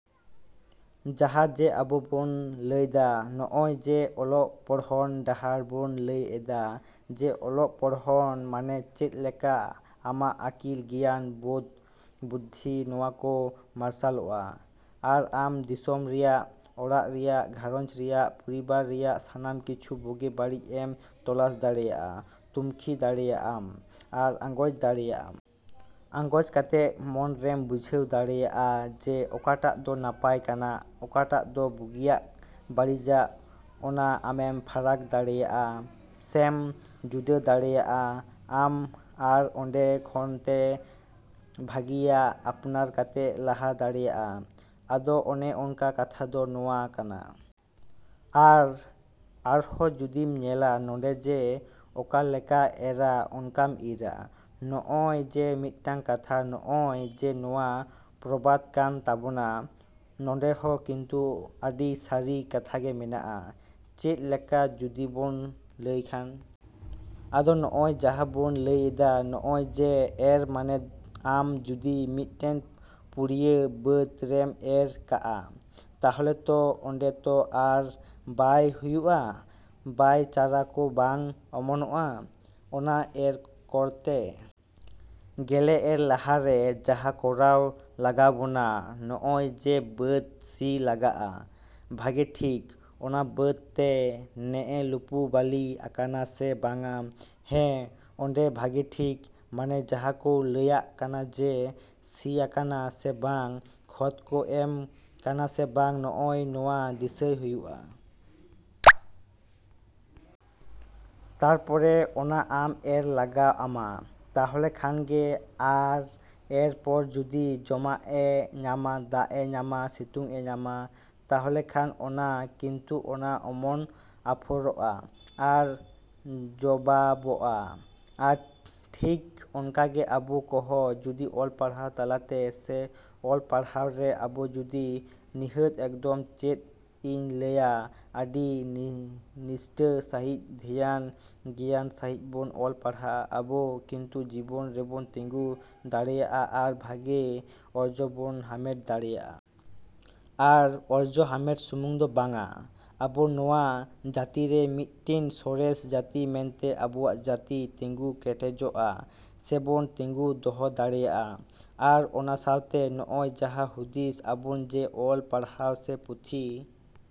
ᱡᱟᱦᱟᱸ ᱡᱮ ᱟᱵᱚ ᱵᱚᱱ ᱞᱟᱹᱭᱫᱟ, ᱱᱚᱜᱼᱚᱭ ᱡᱮ ᱚᱞᱚᱜ ᱯᱚᱲᱦᱚᱱ ᱰᱟᱦᱟᱨ ᱵᱚᱱ ᱞᱟᱹᱭ ᱮᱫᱟ ᱡᱮ ᱚᱞᱚᱜ ᱯᱚᱲᱦᱚᱱ ᱢᱟᱱᱮ ᱪᱮᱫ ᱞᱮᱠᱟ ᱟᱢᱟᱜ ᱟᱹᱠᱤᱞ ᱜᱮᱭᱟᱱ ᱵᱳᱫᱷ ᱵᱩᱫᱽᱫᱷᱤ, ᱱᱚᱣᱟᱠᱚ ᱢᱟᱨᱥᱟᱞᱚᱜᱼᱟ᱾ ᱟᱨ ᱟᱢ ᱫᱤᱥᱚᱢ ᱨᱮᱱᱟᱜ, ᱚᱲᱟᱜ ᱨᱮᱱᱟᱜ, ᱜᱷᱟᱨᱚᱸᱡᱽ ᱨᱮᱱᱟᱜ, ᱯᱚᱨᱤᱵᱟᱨ ᱨᱮᱱᱟᱜ ᱥᱟᱱᱟᱢ ᱠᱤᱪᱷᱩ ᱵᱩᱜᱤ ᱵᱟᱹᱲᱤᱡ ᱮᱢ ᱛᱚᱞᱟᱥ ᱫᱟᱲᱮᱭᱟᱜᱼᱟ, ᱛᱩᱱᱠᱷᱤ ᱫᱟᱲᱮᱭᱟᱜ ᱟᱢ ᱟᱨ ᱟᱸᱜᱚᱪ ᱫᱟᱲᱮᱭᱟᱜᱼᱟᱢ᱾ ᱟᱸᱜᱚᱪ ᱠᱟᱛᱮᱫ ᱢᱚᱱᱨᱮᱢ ᱵᱩᱡᱷᱟᱹᱣ ᱫᱟᱲᱮᱭᱟᱜᱼᱟ ᱡᱮ ᱚᱠᱟᱴᱟᱜ ᱫᱚ ᱱᱟᱯᱟᱭ ᱠᱟᱱᱟ, ᱚᱠᱟᱴᱟᱜ ᱫᱚ ᱵᱩᱜᱤᱭᱟᱜ ᱵᱟᱹᱲᱤᱡᱟᱜ ᱚᱱᱟ ᱟᱢᱮᱢ ᱯᱷᱟᱨᱟᱠ ᱫᱟᱲᱮᱭᱟᱜᱼᱟ ᱥᱮᱢ ᱡᱩᱫᱟᱹ ᱫᱟᱲᱮᱭᱟᱜ ᱟᱢ ᱟᱨ ᱚᱸᱰᱮ ᱠᱷᱚᱱᱛᱮ ᱵᱷᱟᱹᱜᱤᱭᱟᱜ ᱟᱯᱱᱟᱨ ᱠᱟᱛᱮᱢ ᱞᱟᱦᱟ ᱫᱟᱲᱮᱭᱟᱜᱼᱟ᱾ ᱟᱫᱚ ᱚᱱᱮ ᱚᱱᱠᱟ ᱠᱟᱛᱷᱟ ᱫᱚ ᱱᱚᱣᱟ ᱠᱟᱱᱟ᱾ ᱟᱨ ᱟᱨᱦᱚᱸ ᱡᱩᱫᱤᱢ ᱧᱮᱞᱟ ᱱᱚᱸᱰᱮ ᱡᱮ ᱚᱠᱟ ᱞᱮᱠᱟᱢ ᱮᱨᱟ ᱚᱱᱠᱟᱢ ᱤᱨᱟ᱾ ᱱᱚᱜᱼᱚᱭ ᱡᱮ ᱢᱤᱫᱴᱟᱱ ᱠᱟᱛᱷᱟ ᱱᱚᱜᱼᱚᱭ ᱡᱮ ᱱᱚᱣᱟ ᱯᱨᱚᱵᱟᱫ ᱠᱟᱱ ᱛᱟᱵᱳᱱᱟ, ᱱᱚᱸᱰᱮ ᱦᱚᱸ ᱠᱤᱱᱛᱩ ᱟᱹᱰᱤ ᱥᱟᱹᱨᱤ ᱠᱟᱛᱷᱟ ᱜᱮ ᱢᱮᱱᱟᱜᱼᱟ᱾ ᱪᱮᱫ ᱞᱮᱠᱟ ᱡᱩᱫᱤ ᱵᱚᱱ ᱞᱟᱹᱭᱠᱷᱟᱱ? ᱟᱫᱚ ᱱᱚᱜᱼᱚᱭ ᱡᱟᱦᱟᱸ ᱵᱚᱱ ᱞᱟᱹᱭ ᱮᱫᱟ ᱱᱚᱜᱼᱚᱭ ᱡᱮ ᱮᱨ ᱢᱟᱱᱮ ᱟᱢ ᱡᱩᱫᱤ ᱢᱤᱫᱴᱤᱱ ᱯᱩᱲᱭᱟᱹ ᱵᱟᱹᱫᱽ ᱨᱮᱢ ᱮᱨ ᱠᱟᱜᱼᱟ, ᱛᱟᱦᱚᱞᱮ ᱛᱚ ᱚᱸᱰᱮ ᱛᱚ ᱟᱨ ᱵᱟᱭ ᱦᱩᱭᱩᱜᱼᱟ, ᱵᱟᱭ ᱪᱟᱨᱟ ᱠᱚ ᱵᱟᱝ ᱚᱢᱚᱱᱚᱜᱼᱟ᱾ ᱚᱱᱟ ᱮᱨ ᱠᱚᱨᱛᱮ ᱜᱮᱞᱮ ᱮᱨ ᱞᱟᱦᱟᱨᱮ ᱡᱟᱦᱟᱸ ᱠᱚᱨᱟᱣ ᱞᱟᱜᱟᱣᱵᱚᱱᱟ, ᱱᱜᱼᱚᱭ ᱡᱮ ᱵᱟᱹᱫᱽ ᱥᱤ ᱞᱟᱜᱟᱜᱼᱟ ᱵᱷᱟᱹᱜᱮ ᱴᱷᱤᱠ, ᱚᱱᱟ ᱵᱟᱹᱫ ᱛᱮ ᱱᱮ ᱞᱩᱯᱩ ᱵᱟᱹᱞᱤ ᱟᱠᱟᱱᱟ ᱥᱮ ᱵᱟᱝᱟ, ᱦᱮᱸ ᱚᱸᱰᱮ ᱵᱷᱟᱹᱜᱤ ᱴᱷᱤᱠ ᱢᱟᱱᱮ ᱡᱟᱦᱟᱸ ᱠᱚ ᱞᱟᱹᱭᱟᱜ ᱠᱟᱱᱟ ᱡᱮ ᱥᱤᱭᱟᱠᱟᱱᱟ ᱥᱮ ᱵᱟᱝ, ᱠᱷᱚᱛ ᱠᱚ ᱮᱢ ᱠᱟᱱᱟ ᱥᱮ ᱵᱟᱝ, ᱱᱚᱜᱼᱚ ᱱᱚᱣᱟ ᱫᱤᱥᱟᱹᱭ ᱦᱩᱭᱩᱜᱼᱟ᱾ ᱛᱟᱨᱯᱚᱨᱮ ᱚᱱᱟ ᱟᱢ ᱮᱨ ᱞᱟᱜᱟᱣ ᱟᱢᱟ, ᱛᱟᱦᱚᱞᱮ ᱠᱷᱟᱱᱜᱮ ᱟᱨ ᱮᱨ ᱯᱚᱨ ᱡᱩᱫᱤ ᱡᱚᱢᱟᱜ ᱮ ᱧᱟᱢᱟ, ᱫᱟᱜ ᱮ ᱧᱟᱢᱟ, ᱥᱤᱛᱩᱝ ᱮ ᱧᱟᱢᱟ, ᱛᱟᱦᱚᱞᱮᱠᱷᱟᱱ ᱚᱱᱟ ᱠᱤᱱᱛᱩ ᱚᱱᱟ ᱚᱢᱚᱱ ᱟᱯᱷᱚᱨᱚᱜᱼᱟ᱾ ᱟᱨ ᱡᱚᱵᱟᱵᱚᱜᱼᱟ ᱟᱨ ᱴᱷᱤᱠ ᱚᱱᱠᱟᱜᱮ ᱟᱵᱚ ᱠᱚᱦᱚᱸ ᱡᱩᱫᱤ ᱚᱞ ᱯᱟᱲᱦᱟᱣ ᱛᱟᱞᱟᱛᱮ ᱥᱮ ᱚᱞ ᱯᱟᱲᱦᱟᱣ ᱨᱮ ᱟᱵᱚ ᱡᱩᱫᱤ ᱱᱤᱦᱟᱹᱛ ᱮᱠᱫᱚᱢ ᱪᱮᱫ ᱤᱧ ᱞᱟᱹᱭᱟ ᱟᱹᱰᱤ ᱱᱤᱥᱴᱷᱟᱹ ᱥᱟᱺᱦᱤᱡ, ᱫᱷᱮᱭᱟᱱ ᱜᱮᱭᱟᱱ ᱥᱟᱺᱦᱤᱡ ᱵᱚᱱ ᱚᱞ ᱯᱟᱲᱦᱟᱜᱼᱟ, ᱟᱵᱚ ᱠᱤᱱᱛᱩ ᱡᱤᱵᱚᱱ ᱨᱮᱵᱚᱱ ᱛᱤᱸᱜᱩ ᱫᱟᱲᱮᱭᱟᱜᱼᱟ ᱟᱨ ᱵᱷᱟᱹᱜᱤ ᱚᱨᱡᱚ ᱵᱚᱱ ᱦᱟᱢᱮᱴ ᱫᱟᱲᱮᱭᱟᱜᱼᱟ᱾ ᱟᱨ ᱚᱨᱡᱚ ᱦᱟᱢᱮᱴ ᱥᱩᱢᱩᱝ ᱫᱚ ᱵᱟᱝᱟ, ᱟᱵᱚ ᱱᱚᱣᱟ ᱡᱟᱹᱛᱤᱨᱮ ᱢᱤᱫᱴᱤᱱ ᱥᱚᱨᱮᱥ ᱡᱟᱹᱛᱤ ᱢᱮᱱᱛᱮ ᱟᱵᱚᱣᱟᱜ ᱡᱟᱹᱛᱤ ᱛᱤᱸᱜᱩ ᱠᱮᱴᱮᱡᱚᱜᱼᱟ ᱥᱮᱵᱚᱱ ᱛᱤᱸᱜᱩ ᱫᱚᱦᱚ ᱫᱟᱲᱮᱭᱟᱜᱼᱟ᱾ ᱟᱨ ᱚᱱᱟ ᱥᱟᱶᱛᱮ ᱱᱚᱜᱼᱚᱭ ᱡᱟᱦᱟᱸ ᱦᱩᱫᱤᱥ ᱟᱵᱚᱱ ᱡᱮ ᱚᱞ ᱯᱟᱲᱦᱟᱣ ᱥᱮ ᱯᱩᱛᱷᱤ᱾